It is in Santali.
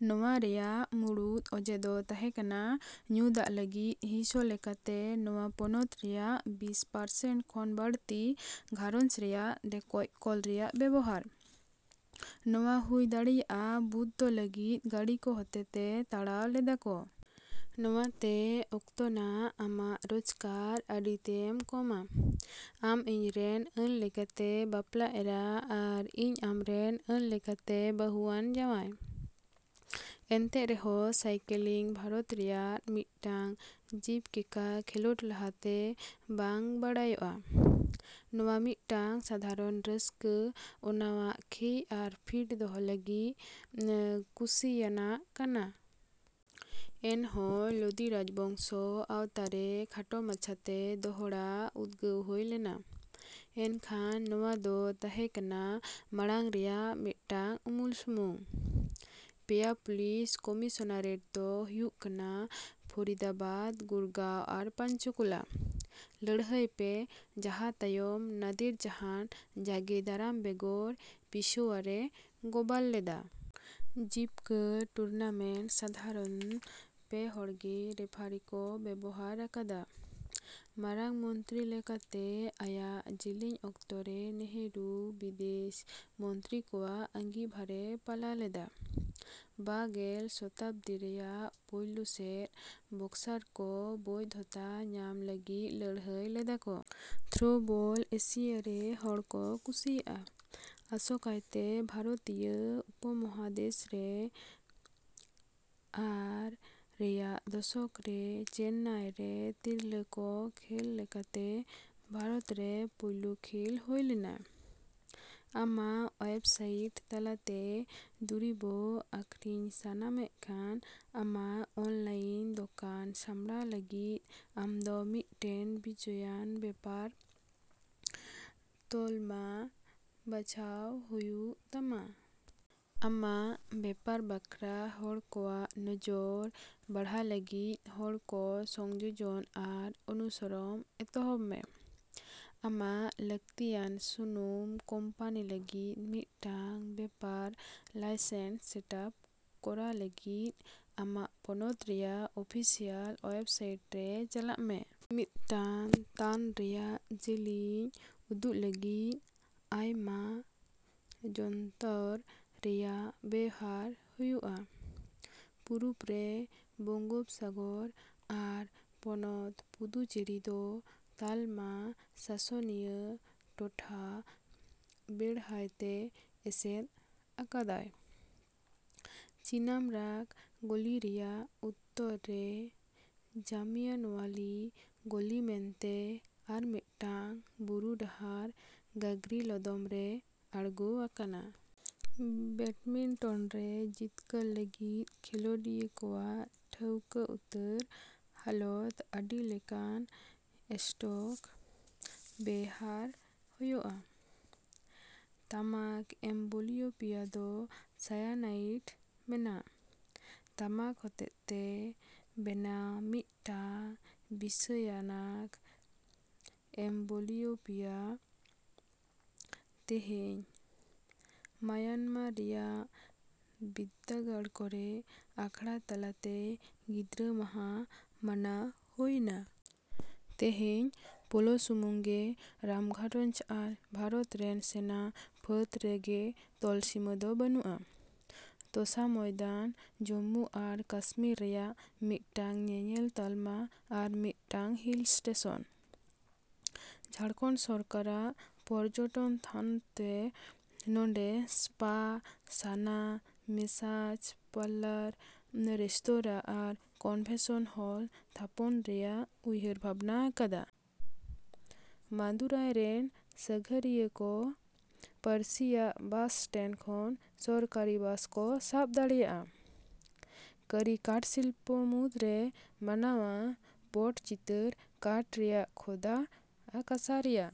ᱱᱚᱶᱟ ᱨᱮᱭᱟᱜ ᱢᱩᱲᱩᱫ ᱚᱡᱮ ᱫᱚ ᱛᱟᱸᱦᱮᱠᱟᱱᱟ ᱧᱩ ᱫᱟᱜᱽ ᱞᱟᱹᱜᱤᱫ ᱦᱤᱸᱥ ᱞᱮᱠᱟᱛᱮ ᱱᱚᱶᱟ ᱯᱚᱱᱚᱛ ᱨᱮᱭᱟᱜ ᱵᱤᱥ ᱯᱟᱨᱥᱮᱱᱴ ᱠᱷᱚᱱ ᱵᱟᱹᱲᱛᱤ ᱜᱷᱟᱨᱚᱸᱡᱽ ᱨᱮᱭᱟᱜ ᱰᱷᱮᱠᱚᱡ ᱠᱚᱞ ᱨᱮᱭᱟᱜ ᱵᱮᱣᱦᱟᱨ᱾ ᱱᱚᱶᱟ ᱦᱩᱭᱫᱟᱲᱮᱭᱟᱜ ᱵᱩᱫᱫᱷᱚ ᱞᱟᱹᱜᱤᱫ ᱜᱟᱺᱲᱤ ᱠᱚ ᱦᱚᱛᱮᱛᱮ ᱛᱟᱲᱟᱣ ᱞᱮᱫᱟᱠᱚ᱾ ᱱᱚᱶᱟ ᱛᱮ ᱚᱠᱛᱚ ᱥᱟᱶ ᱟᱢᱟᱜ ᱨᱳᱡᱽᱜᱟᱨ ᱟᱹᱰᱤᱛᱮᱫᱼᱮ ᱠᱚᱢᱟ᱾ ᱟᱢ ᱤᱧ ᱨᱮᱱ ᱟᱹᱱᱞᱮᱠᱟᱛᱮ ᱵᱟᱯᱞᱟ ᱮᱨᱟ ᱟᱨ ᱤᱧ ᱟᱢᱨᱮᱱ ᱟᱹᱱ ᱞᱮᱠᱟᱛᱮ ᱵᱟᱹᱦᱩᱟᱱ ᱡᱟᱶᱟᱭ᱾ ᱮᱱᱛᱮ ᱨᱮᱦᱚᱸ ᱥᱟᱭᱠᱤᱞᱤᱝ ᱵᱷᱟᱨᱚᱛ ᱨᱮᱭᱟᱜ ᱢᱤᱫᱴᱟᱝ ᱡᱤᱵᱠᱤᱠᱟ ᱠᱷᱮᱞᱳᱰ ᱞᱟᱠᱟᱛᱮ ᱵᱟᱝ ᱵᱟᱰᱟᱭᱟᱜᱼᱟ, ᱱᱚᱶᱟ ᱢᱤᱫᱴᱟᱝ ᱥᱟᱫᱷᱟᱨᱚᱱ ᱨᱟᱥᱠᱟᱹᱟᱱᱟᱟᱜ ᱠᱷᱮᱭ ᱟᱨ ᱯᱷᱤᱴ ᱫᱚᱦᱚ ᱞᱟᱹᱜᱤᱫ ᱠᱩᱥᱤᱭᱟᱱᱟᱜ ᱠᱟᱱᱟ᱾ ᱮᱱᱦᱚᱸ ᱞᱳᱫᱤ ᱨᱟᱡᱽᱵᱚᱝᱥᱚ ᱟᱶᱛᱟᱨᱮ ᱠᱷᱟᱴᱚ ᱢᱟᱪᱷᱟᱛᱮ ᱫᱚᱦᱲᱟ ᱩᱫᱜᱟᱹᱣ ᱦᱳᱭ ᱞᱮᱱᱟ ᱮᱱᱠᱷᱟᱱ ᱱᱚᱶᱟ ᱫᱚ ᱛᱟᱦᱮᱸ ᱠᱟᱱᱟ ᱢᱟᱲᱟᱝ ᱨᱮᱭᱟᱜ ᱢᱤᱫᱴᱟᱝ ᱩᱢᱩᱞ ᱥᱩᱢᱩᱝ᱾ ᱯᱮᱭᱟ ᱯᱩᱞᱤᱥ ᱠᱚᱢᱤᱥᱚᱱᱟᱨᱮᱴ ᱫᱚ ᱦᱩᱭᱩᱜ ᱠᱟᱱᱟ ᱯᱷᱚᱨᱤᱫᱟᱵᱟᱫᱽ, ᱜᱩᱨᱜᱟᱶ ᱟᱨ ᱯᱚᱧᱪᱚᱠᱩᱞᱟ᱾ ᱞᱟᱹᱲᱦᱟᱹᱭ ᱯᱮ ᱢᱟᱦᱟ ᱛᱟᱭᱚᱢ, ᱱᱟᱫᱮᱨ ᱡᱟᱦᱟᱸᱱ ᱡᱟᱸᱜᱮ ᱫᱟᱨᱟᱢ ᱵᱮᱜᱚᱨ ᱯᱮᱥᱳᱣᱭᱟᱨ ᱮ ᱜᱚᱵᱚᱞ ᱞᱮᱫᱟ᱾ ᱡᱤᱵᱠᱟᱹ ᱴᱩᱨᱱᱟᱢᱮᱱᱴ ᱥᱟᱫᱷᱟᱨᱚᱱ ᱯᱮᱦᱚᱲ ᱜᱮ ᱨᱮᱯᱷᱚᱨᱤ ᱠᱚ ᱵᱮᱵᱷᱟᱨ ᱟᱠᱟᱫᱟ᱾ ᱢᱟᱨᱟᱝ ᱢᱚᱱᱛᱨᱤ ᱞᱮᱠᱟᱛᱮ ᱟᱭᱟᱜ ᱡᱮᱹᱞᱮᱹᱧ ᱚᱠᱛᱚᱨᱮ ᱱᱮᱹᱦᱨᱩ ᱵᱤᱫᱮᱹᱥ ᱢᱚᱱᱛᱨᱚᱠᱟᱜ ᱟᱸᱜᱤᱵᱷᱟᱨᱮ ᱯᱟᱞᱟᱣ ᱞᱮᱫᱟ᱾ ᱵᱟᱜᱮᱞ ᱥᱚᱛᱟᱵᱽᱫᱤ ᱨᱮᱭᱟᱜ ᱯᱳᱭᱞᱳ ᱥᱮᱫ, ᱵᱚᱠᱥᱥᱟᱨ ᱠᱚ ᱵᱳᱭᱫᱷᱚᱛᱟ ᱧᱟᱢ ᱞᱟᱹᱜᱤᱫ ᱞᱟᱹᱲᱦᱟᱹᱭ ᱞᱮᱫᱟ ᱠᱚ᱾ ᱛᱷᱨᱳᱵᱚᱞ ᱮᱥᱤᱭᱟ ᱨᱮ ᱦᱚᱲ ᱠᱚ ᱠᱩᱥᱤᱭᱟᱜᱼᱟ, ᱟᱥᱚᱠᱟᱭᱛᱮ ᱵᱷᱟᱨᱚᱛᱤᱭᱟᱹ ᱩᱯᱚᱢᱚᱦᱟᱫᱮᱥ ᱨᱮ, ᱟᱨ ᱨᱮᱭᱟᱜ ᱫᱚᱥᱚᱠ ᱨᱮ ᱪᱮᱱᱱᱟᱭᱨᱮ ᱛᱤᱨᱞᱟᱹ ᱠᱚ ᱠᱷᱮᱹᱞ ᱞᱮᱠᱟᱛᱮ ᱵᱷᱟᱨᱚᱛᱨᱮ ᱯᱳᱭᱞᱳ ᱠᱷᱮᱞ ᱦᱳᱭ ᱞᱮᱱᱟ᱾ ᱟᱢᱟᱜ ᱳᱭᱮᱵᱽᱥᱟᱭᱤᱴ ᱛᱟᱞᱟᱛᱮ ᱫᱩᱨᱤᱵᱽ ᱟᱹᱠᱷᱨᱤᱧ ᱥᱟᱱᱟᱢᱮ ᱠᱷᱟᱱ, ᱟᱢᱟᱜ ᱚᱱᱞᱟᱭᱤᱱ ᱫᱚᱠᱟᱱ ᱥᱟᱸᱵᱽᱲᱟᱣ ᱞᱟᱹᱜᱤᱫ ᱟᱢᱫᱚ ᱢᱤᱫᱴᱮᱱ ᱵᱤᱡᱽᱭᱟᱱ ᱵᱮᱯᱟᱨ ᱛᱟᱞᱢᱟ ᱵᱟᱪᱷᱟᱣ ᱦᱳᱭᱳᱜ ᱛᱟᱢᱟ᱾ ᱟᱢᱟᱜ ᱵᱮᱯᱟᱨ ᱵᱟᱠᱷᱨᱟ ᱦᱚᱲ ᱠᱚᱣᱟᱜ ᱱᱚᱡᱚᱨ ᱵᱟᱲᱦᱟᱣ ᱞᱟᱹᱜᱤᱫ ᱦᱚᱲ ᱠᱚ 'ᱥᱚᱝᱡᱳᱡᱚᱱ' ᱟᱨ 'ᱚᱱᱩᱥᱚᱨᱚᱢ' ᱮᱛᱦᱚᱵ ᱢᱮ᱾ ᱟᱢᱟᱜ ᱞᱟᱠᱛᱤᱭᱟᱱ ᱥᱩᱱᱩᱢ ᱠᱳᱢᱯᱟᱱᱤ ᱞᱟᱹᱜᱤᱫ ᱢᱤᱫᱴᱟᱝ ᱵᱮᱯᱟᱨ ᱞᱟᱭᱥᱮᱱᱥ ᱥᱮᱴ ᱟᱯ ᱠᱚᱨᱟᱣ ᱞᱟᱜᱤᱫ, ᱟᱢᱟᱜ ᱯᱚᱱᱚᱛ ᱨᱮᱭᱟᱜ ᱚᱯᱷᱤᱥᱤᱭᱟᱹᱞ ᱳᱭᱮᱵᱽᱥᱟᱭᱤᱴ ᱨᱮ ᱪᱟᱞᱟᱜ ᱢᱮ᱾ ᱢᱤᱫᱴᱟᱝ ᱛᱟᱱ ᱨᱮᱭᱟᱜ ᱡᱮᱹᱞᱮᱹᱧ ᱩᱫᱩᱜᱫᱚ ᱞᱟᱹᱜᱤᱫ, ᱟᱭᱢᱟ ᱡᱚᱱᱛᱚᱨ ᱨᱮᱱᱟᱜ ᱵᱮᱣᱦᱟᱨ ᱦᱩᱭᱩᱜᱼᱟ᱾ ᱯᱩᱨᱩᱵᱽ ᱨᱮ ᱵᱚᱝᱜᱳᱯᱥᱟᱜᱚᱨ ᱟᱨ ᱯᱚᱱᱚᱛ ᱯᱩᱫᱩᱪᱮᱨᱤ ᱫᱚ ᱛᱟᱞᱢᱟ ᱥᱟᱥᱚᱱᱤᱭᱟᱹ ᱴᱚᱴᱷᱟ ᱵᱮᱲᱦᱟᱭᱛᱮ ᱮᱥᱮᱫ ᱟᱠᱟᱫᱟᱭ᱾ ᱪᱤᱱᱟᱢᱚᱨᱟᱜᱽ ᱜᱚᱞᱤᱨᱮᱭᱟᱜ ᱩᱛᱛᱚᱨ ᱨᱮ ᱡᱟᱢᱤᱭᱟᱱᱳᱣᱟᱞᱤ ᱜᱚᱞᱤ ᱢᱮᱱᱛᱮ ᱟᱨ ᱢᱤᱫᱴᱟᱝ ᱵᱩᱨᱩ ᱰᱟᱦᱟᱨ ᱜᱟᱜᱽᱨᱤ ᱞᱚᱫᱚᱢ ᱨᱮ ᱟᱬᱜᱳ ᱟᱠᱟᱱᱟ᱾ ᱵᱮᱴᱢᱤᱱᱴᱚᱱ ᱨᱮ ᱡᱤᱛᱠᱟᱹᱨ ᱞᱟᱹᱜᱤᱫ ᱠᱷᱮᱞᱳᱰᱤᱭᱟᱹ ᱠᱚᱣᱟᱜ ᱴᱷᱟᱹᱣᱠᱟᱹ ᱩᱛᱟᱹᱨ ᱦᱟᱞᱚᱛ ᱟᱹᱰᱤ ᱞᱮᱠᱟᱱ ᱮᱥᱴᱳᱠ ᱵᱮᱣᱦᱟᱨ ᱦᱩᱭᱩᱜᱼᱟ᱾ ᱛᱟᱢᱟᱠ ᱮᱢᱵᱚᱞᱤᱳᱯᱤᱭᱟ ᱫᱚ ᱥᱟᱭᱟᱱᱟᱭᱤᱰ ᱢᱮᱥᱟ ᱛᱟᱢᱟᱠ ᱦᱚᱛᱮᱛᱮ ᱵᱮᱱᱟᱣ ᱢᱤᱫᱴᱟᱝ ᱵᱤᱥᱟᱹᱣᱟᱱᱟᱜ ᱮᱢᱵᱚᱞᱤᱭᱳᱯᱤᱭᱟ᱾ ᱛᱮᱹᱦᱮᱹᱧ, ᱢᱟᱭᱟᱱᱢᱟᱨ ᱨᱮᱱᱟᱜ ᱵᱤᱨᱫᱟᱹᱜᱟᱲ ᱠᱚᱨᱮ ᱟᱠᱷᱲᱟ ᱛᱟᱞᱟᱛᱮ ᱜᱤᱫᱽᱨᱟᱹ ᱢᱟᱦᱟ ᱢᱟᱱᱟᱣ ᱦᱳᱭᱮᱱᱟ᱾ ᱛᱮᱹᱦᱮᱹᱧ ᱯᱳᱞᱳ ᱥᱩᱢᱩᱝᱜᱮ ᱨᱟᱡᱜᱷᱟᱨᱚᱸᱧᱡᱽ ᱟᱨ ᱵᱷᱟᱨᱚᱛ ᱨᱮᱱ ᱥᱮᱱᱟ ᱯᱷᱟᱹᱫᱽ ᱨᱮᱜᱮ ᱛᱚᱞᱥᱤᱢᱟᱹ ᱫᱚ ᱵᱟᱹᱱᱩᱜᱼᱟ ᱛᱚᱥᱟ ᱢᱚᱭᱫᱟᱱ ᱡᱩᱢᱢᱩ ᱟᱨ ᱠᱟᱥᱢᱤᱨ ᱨᱮᱭᱟᱜ ᱢᱤᱫᱴᱟᱝ ᱧᱮᱧᱮᱞ ᱛᱟᱞᱢᱟ ᱟᱨ ᱢᱤᱫᱴᱟᱝ ᱦᱤᱞ ᱥᱴᱮᱹᱥᱚᱱ᱾ ᱡᱷᱟᱲᱠᱷᱚᱸᱰ ᱥᱚᱨᱠᱟᱨᱟᱜ ᱯᱚᱨᱡᱚᱴᱚᱱ ᱛᱷᱚᱱᱚᱛ ᱱᱚᱸᱰᱮ spa, sauna, massage parlour, restaurant ᱟᱨ ᱠᱚᱱᱵᱷᱮᱱᱥᱚᱱ ᱦᱚᱞ ᱛᱷᱟᱯᱚᱱ ᱨᱮᱭᱟᱜᱼᱮ ᱩᱭᱦᱟᱹᱨ ᱵᱷᱟᱵᱱᱟ ᱟᱠᱟᱫᱟ᱾ ᱢᱟᱫᱩᱨᱟᱭ ᱨᱮᱱ ᱥᱟᱸᱜᱷᱟᱨᱤᱭᱟᱹᱠᱚ ᱯᱮᱹᱨᱤᱭᱟ ᱵᱟᱥ ᱥᱴᱮᱱᱰ ᱠᱷᱚᱱ ᱥᱚᱨᱟᱥᱚᱨᱤ ᱵᱟᱥ ᱠᱚ ᱥᱟᱵ ᱫᱟᱲᱮᱹᱭᱟᱜᱼᱟ᱾ ᱠᱟᱹᱨᱤ ᱠᱟᱴᱥᱤᱞᱯᱚ ᱢᱩᱫ ᱨᱮ ᱢᱟᱱᱟᱜᱼᱟ ᱯᱚᱴᱚᱪᱤᱛᱟᱹᱨ ᱠᱟᱴ ᱨᱮᱭᱟᱜ ᱠᱷᱳᱫᱟ, ᱠᱟᱸᱥᱟ ᱨᱮᱭᱟᱜ᱾